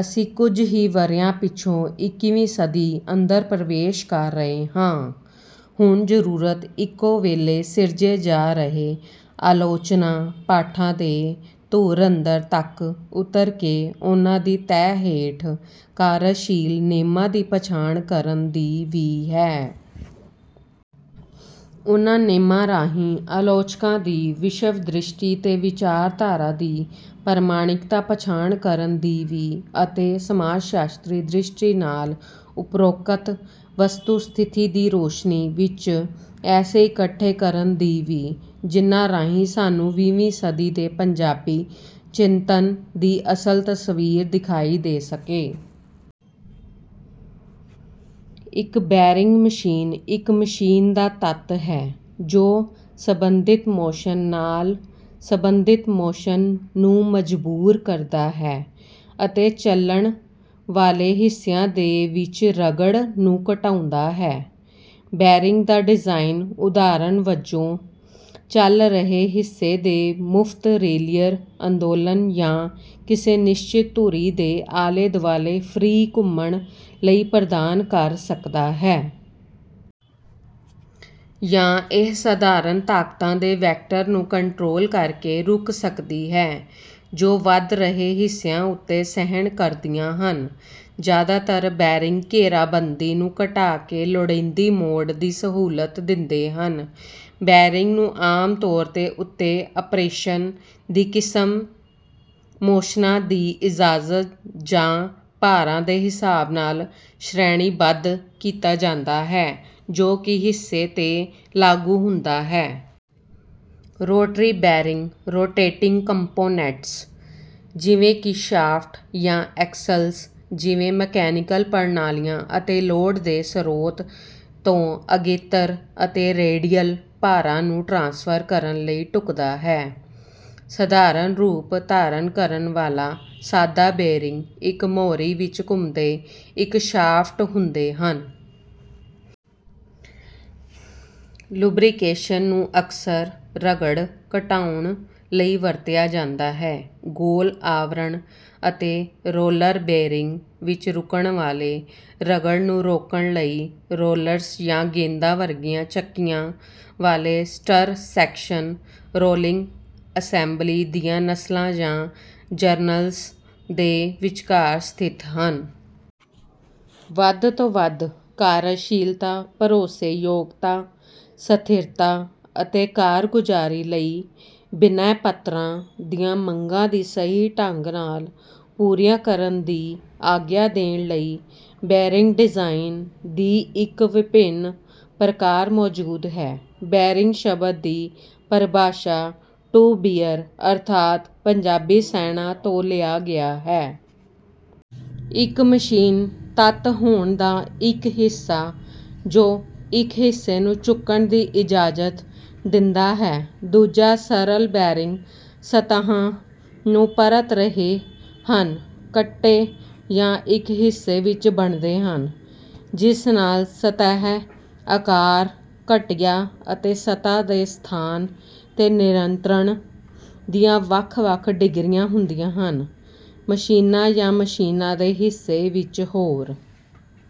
ਅਸੀਂ ਕੁਝ ਹੀ ਵਰ੍ਹਿਆਂ ਪਿੱਛੋਂ ਇੱਕੀ ਵੀਂ ਸਦੀ ਅੰਦਰ ਪ੍ਰਵੇਸ਼ ਕਰ ਰਹੇ ਹਾਂ। ਹੁਣ ਜ਼ਰੂਰਤ ਇੱਕੋ ਵੇਲੇ ਸਿਰਜੇ ਜਾ ਰਹੇ ਆਲੋਚਨਾ ਪਾਠਾਂ ਦੇ ਧੁਰ ਅੰਦਰ ਤੱਕ ਉੱਤਰ ਕੇ ਉਹਨਾਂ ਦੀ ਤਹਿ ਹੇਠ ਕਾਰਜਸ਼ੀਲ ਨੇਮਾਂ ਦੀ ਪਛਾਣ ਕਰਨ ਦੀ ਵੀ ਹੈ। ਉਨ੍ਹਾਂ ਨੇਮਾਂ ਰਾਹੀਂ ਆਲੋਚਕਾਂ ਦੀ ਵਿਸ਼ਵਦ੍ਰਿਸ਼ਟੀ ਤੇ ਵਿਚਾਰਧਾਰਾ ਦੀ ਪ੍ਰਮਾਣਿਕਤਾ ਪਛਾਣ ਕਰਨ ਦੀ ਵੀ ਅਤੇ ਸਮਾਜਸ਼ਾਸਤਰੀ ਦ੍ਰਿਸ਼ਟੀ ਨਾਲ ਉਪਰੋਕਤ ਵਸਤੂ ਸਥਿਤੀ ਦੀ ਰੌਸ਼ਨੀ ਵਿੱਚ ਐਸੇ ਇਕੱਠੇ ਕਰਨ ਦੀ ਵੀ ਜਿਨ੍ਹਾਂ ਰਾਹੀਂ ਸਾਨੂੰ ਵੀਹ ਵੀਂ ਸਦੀ ਦੇ ਪੰਜਾਬੀ ਚਿੰਤਨ ਦੀ ਅਸਲ ਤਸਵੀਰ ਦਿਖਾਈ ਦੇ ਸਕੇ। ਇੱਕ ਬੈਰਿੰਗ ਇੱਕ ਮਸ਼ੀਨ ਦਾ ਤੱਤ ਹੈ ਜੋ ਸੰਬੰਧਿਤ ਮੋਸ਼ਨ ਨਾਲ ਸੰਬੰਧਿਤ ਮੋਸ਼ਨ ਨੂੰ ਮਜਬੂਰ ਕਰਦਾ ਹੈ ਅਤੇ ਚਲਣ ਵਾਲੇ ਹਿੱਸਿਆਂ ਦੇ ਵਿੱਚ ਰਗੜ ਨੂੰ ਘਟਾਉਂਦਾ ਹੈ। ਬੈਰਿੰਗ ਦਾ ਡਿਜ਼ਾਈਨ ਉਦਾਹਰਣ ਵਜੋਂ ਚੱਲ ਰਹੇ ਹਿੱਸੇ ਦੇ ਮੁਫਤ ਰੇਲੀਅਰ ਅੰਦੋਲਨ ਜਾਂ ਕਿਸੇ ਨਿਸ਼ਚਿਤ ਧੁਰੀ ਦੇ ਆਲੇ ਦੁਆਲੇ ਫ੍ਰੀ ਘੁੰਮਣ ਲਈ ਪ੍ਰਦਾਨ ਕਰ ਸਕਦਾ ਹੈ। ਯਾਂ ਇਹ ਸਧਾਰਣ ਤਾਕਤਾਂ ਦੇ ਵੈਕਟਰ ਨੂੰ ਕੰਟਰੋਲ ਕਰਕੇ ਰੁਕ ਸਕਦੀ ਹੈ ਜੋ ਵਧ ਰਹੇ ਹਿੱਸਿਆਂ ਉੱਤੇ ਸਹਿਣ ਕਰਦੀਆਂ ਹਨ। ਜ਼ਿਆਦਾਤਰ ਬੈਰਿੰਗ ਘੇਰਾਬੰਦੀ ਨੂੰ ਘਟਾ ਕੇ ਲੋੜੀਦੀ ਮੋਡ ਦੀ ਸਹੂਲਤ ਦਿੰਦੇ ਹਨ। ਬੈਰਿੰਗ ਨੂੰ ਆਮ ਤੌਰ ਉੱਤੇ ਅਪਰੇਸ਼ਨ ਦੀ ਕਿਸਮ ਮੋਸ਼ਨਾਂ ਦੀ ਇਜਾਜ਼ਤ ਜਾਂ ਭਾਰਾਂ ਦੇ ਹਿਸਾਬ ਨਾਲ ਸ਼੍ਰੇਣੀਬੱਧ ਕੀਤਾ ਜਾਂਦਾ ਹੈ ਜੋ ਕਿ ਹਿੱਸੇ ਤੇ ਲਾਗੂ ਹੁੰਦਾ ਹੈ। ਰੋਟਰੀ ਬੈਰਿੰਗ ਰੋਟੇਟਿੰਗ ਕੰਪੋਨੈਂਟਸ ਜਿਵੇਂ ਕਿ ਸ਼ਾਫਟ ਜਾਂ ਐਕਸਲਜ਼ ਜਿਵੇਂ ਮਕੈਨੀਕਲ ਪ੍ਰਣਾਲੀਆਂ ਅਤੇ ਲੋਡ ਦੇ ਸਰੋਤ ਤੋਂ ਅਗੇਤਰ ਅਤੇ ਰੈਡੀਅਲ ਭਾਰਾਂ ਨੂੰ ਟਰਾਂਸਫਰ ਕਰਨ ਲਈ ਢੁਕਦਾ ਹੈ। ਸਾਧਾਰਣ ਰੂਪ ਧਾਰਨ ਕਰਨ ਵਾਲਾ ਸਾਦਾ ਬੇਅਰਿੰਗ ਇੱਕ ਮੋਰੀ ਵਿੱਚ ਘੁੰਮਦੇ ਇੱਕ ਸ਼ਾਫਟ ਹੁੰਦੇ ਹਨ। ਲੁਬਰੀਕੇਸ਼ਨ ਨੂੰ ਅਕਸਰ ਰਗੜ ਘਟਾਉਣ ਲਈ ਵਰਤਿਆ ਜਾਂਦਾ ਹੈ। ਗੋਲ ਆਵਰਣ ਅਤੇ ਰੋਲਰ ਬੇਅਰਿੰਗ ਵਿੱਚ ਰੁਕਣ ਵਾਲੇ ਰਗੜ ਨੂੰ ਰੋਕਣ ਲਈ ਰੋਲਰਸ ਯਾ ਗੇਂਦਾਂ ਵਰਗੀਆਂ ਚੱਕੀਆਂ ਵਾਲੇ ਸਟਰ ਸੈਕਸ਼ਨ ਰੋਲਿੰਗ ਅਸੈਂਬਲੀ ਦੀਆਂ ਨਸਲਾਂ ਜਾਂ ਜਰਨਲਜ਼ ਦੇ ਵਿਚਕਾਰ ਸਥਿਤ ਹਨ। ਵੱਧ ਤੋਂ ਵੱਧ ਕਾਰਜਸ਼ੀਲਤਾ ਭਰੋਸੇਯੋਗਤਾ ਸਥਿਰਤਾ ਅਤੇ ਕਾਰਗੁਜ਼ਾਰੀ ਲਈ ਬਿਨੈ ਪੱਤਰਾਂ ਦੀਆਂ ਮੰਗਾਂ ਦੀ ਸਹੀ ਢੰਗ ਨਾਲ ਪੂਰੀਆਂ ਕਰਨ ਦੀ ਆਗਿਆ ਦੇਣ ਲਈ ਬੇਅਰਿੰਗ ਡਿਜ਼ਾਈਨ ਦੀ ਇੱਕ ਵਿਭਿੰਨ ਪ੍ਰਕਾਰ ਮੌਜੂਦ ਹੈ। ਬੈਰਿੰਗ ਸ਼ਬਦ ਦੀ ਪਰਿਭਾਸ਼ਾ ਟੂ ਬੀਅਰ ਅਰਥਾਤ ਪੰਜਾਬੀ ਸਹਿਣਾ ਤੋਂ ਲਿਆ ਗਿਆ ਹੈ। ਇੱਕ ਮਸ਼ੀਨ ਤੱਤ ਹੋਣ ਦਾ ਇੱਕ ਹਿੱਸਾ ਜੋ ਇੱਕ ਹਿੱਸੇ ਨੂੰ ਚੁੱਕਣ ਦੀ ਇਜਾਜ਼ਤ ਦਿੰਦਾ ਹੈ। ਦੂਜਾ ਸਰਲ ਬੈਰਿੰਗ ਸਤਹਾਂ ਨੂੰ ਪਰਤ ਰਹੇ ਹਨ ਕੱਟੇ ਯਾਂ ਇੱਕ ਹਿੱਸੇ ਵਿੱਚ ਬਣਦੇ ਹਨ ਜਿਸ ਨਾਲ ਸਤਹ ਆਕਾਰ ਘਟੀਆ ਅਤੇ ਸਤ੍ਹਾ ਦੇ ਸਥਾਨ ਤੇ ਨਿਯੰਤਰਣ ਦੀਆਂ ਵੱਖ ਵੱਖ ਡਿਗਰੀਆਂ ਹੁੰਦੀਆਂ ਹਨ। ਮਸ਼ੀਨਾਂ ਯਾ ਮਸ਼ੀਨਾਂ ਦੇ ਹਿੱਸੇ ਵਿੱਚ ਹੋਰ